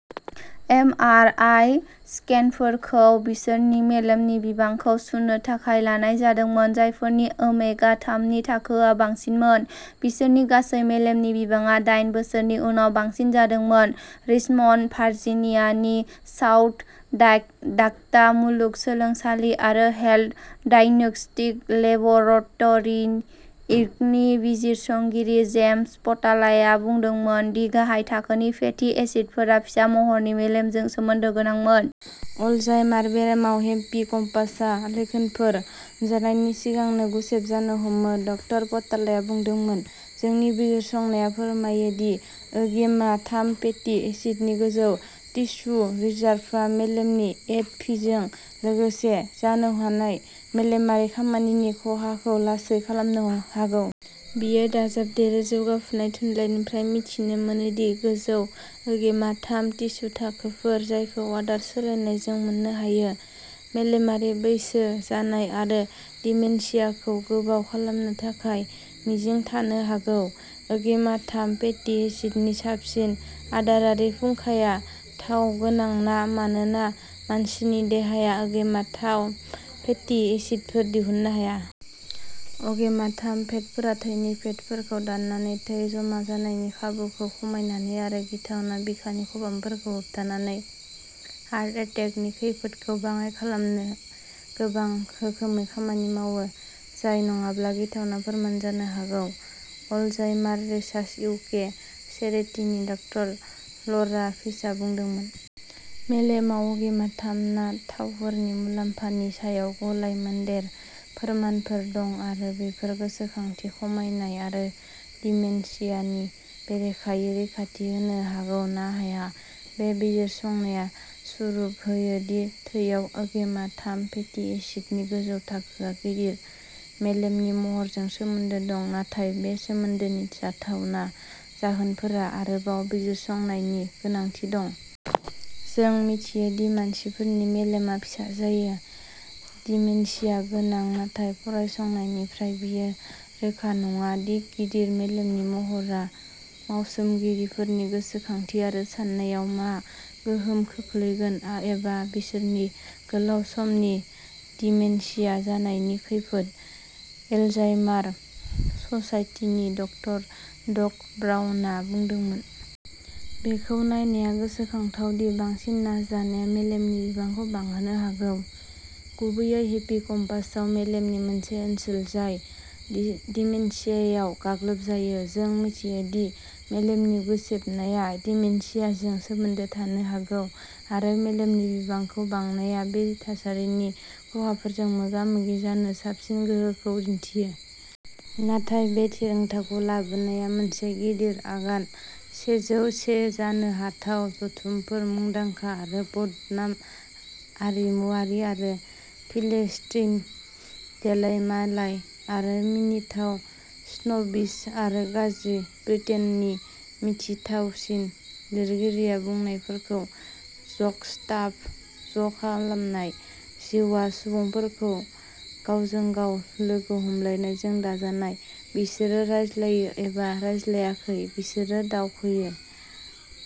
M. R. I. स्केनफोरखौ बिसोरनि मेलेमनि बिबांखौ सुनो थाखाय लानाय जादोंमोन। जायफोरनि ओमेगा-थामनि थाखोआ बांसिनमोन। बिसोरनि गासै मेलेमनि बिबांआ दाइन बोसोरनि उनाव बांसिन जादोंमोन। रिचमन्ड भारजिनियानि साउथ डायक डाक'टा मुलुगसोलोंसालि आरो हेल्थ डायग्नोस्टिक लेब'रट'रि इनकनि बिजिरसंगिरि जेम्स पटालाया बुंदोंमोन दि गाहाय थाखोनि फेटि एसिडफोरा फिसा महरनि मेलेमजों सोमोन्दो गोनांमोन। अलजाइमार बेरामाव हिप्पोकामपासआ लैखोनफोर नुजानायनि सिगांनो गुसेब जानो हमो। डक्टर पटालाया बुंदोंमोन। जोंनि बिजिरसंनाया फोरमायो दि ओमेगा-थाम फेटि एसिडनि गोजौ टिस्यु रिजारभआ मेलेमनि एट'फिजों लोगोसे जानो हानाय मेलेमारि खामानिनि खहाखौ लासै खालामनो हागौ। बेयो दाजाबदेरो जौगाफुनाय थुनलाइनिफ्राय मिथिनो मोनो दि गोजौ ओमेगा-थाम टिस्यु थाखोफोर जायखौ आदार सोलायनायजों मोननो हायो। मेलेमारि बैसो जानाय आरो डिमेनशियाखौ गोबाव खालामनो थाखाय मिजिं थानो हागौ। ओमेगा-थाम फेटि एसिडनि साबसिन आदारारि फुंखाया थाव गोनां ना मानोना मानसिनि देहाया ओमेगा-थाम फेटि एसिडफोर दिहुननो हाया। ओमेगा-थाम फेटफोरा थैनि फेटफोरखौ दाननानै थै जमा जानायनि खाबुखौ खमायनानै आरो गिथावना बिखानि खबामफोरखौ होबथानानै हार्ट एटेकनि खैफोदखौ बाङाइ खालामनो गोबां रोखोमै खामानि मावो। जाय नङाब्ला गिथावना फोरमान जानो हागौ। अलजाइमार रिसार्च इउके चेरिटिनि डक्टर ल'रा फिप्सआ बुंदोंमोन। मेलेमाव ओमेगा-थाम ना थावफोरनि मुलाम्फानि सायाव गलाय मोनदेर फोरमानफोर दं आरो बेफोर गोसोखांथि खमायनाय आरो डिमेनशियानि बेरेखायै रैखाथि होनो हागौ ना हाया। बे बिजिरसंनाया सुबुरुन होयो दि थैयाव ओमेगा-थाम फेटि एसिडनि गोजौ थाखोआ गिदिर मेलेमनि महरजों सोमोन्दो दं नाथाय बे सोमोन्दोनि जाथावना जाहोनफोरा आरोबाव बिजिरसंनायनि गोनांथि दं। जों मिथियो दि मानसिफोरनि मेलेमआ फिसा जायो। डिमेनशिया गोनां नाथाय फरायसंनायनिफ्राय बेयो रोखा नङा दि गिदिर मेलेमनि महरा मावसोमगिरिफोरनि गोसोखांथि आरो साननायाव मा गोहोम खोख्लैगोन एबा बिसोरनि गोलाव समनि डिमेनशिया जानायनि खैफोद। एलजाइमार ससाइटिनि डक्टर डग ब्राउनआ बुंदोंमोन। बेखौ नायनाया गोसोनांथाव दि बांसिन ना जानाया मेलेमनि बिबांखौ बांहोनो हागौ। गुबैयै हिप्पोकाम्पासआव मेलेमनि मोनसे ओनसोल जाय डिमेनशियायाव गाग्लोबजायो। जों मिथियो दि मेलेमनि गुसेबनाया डिमेनशियाजों सोमोन्दो थानो हागौ आरो मेलेमनि बिबांखौ बांनाया बे थासारिनि खहाफोरजों मोगा-मोगि जानो साबसिन गोहोखौ दिन्थियो। नाथाय बे थिरांथाखौ लाबोनाया मोनसे गिदिर आगान। सेजौ से जानो हाथाव जथुमफोर मुंदांखा आरो बदनाम आरिमुआरि आरो फिलिस्टिन देलायमालाय आरो मिनिथाव स्नबबिश आरो गाज्रि ब्रिटेननि मिनिथावसिन लिरगिरिया बुंनायफोरखौ जक्सटाप'ज खालामनाय। जिउआ सुबुंफोरखौ गावजों गाव लोगो हमलायनायजों दाजानाय। बिसोरो रायज्लायो एबा रायज्लायाखै। बिसोरो दावखोयो।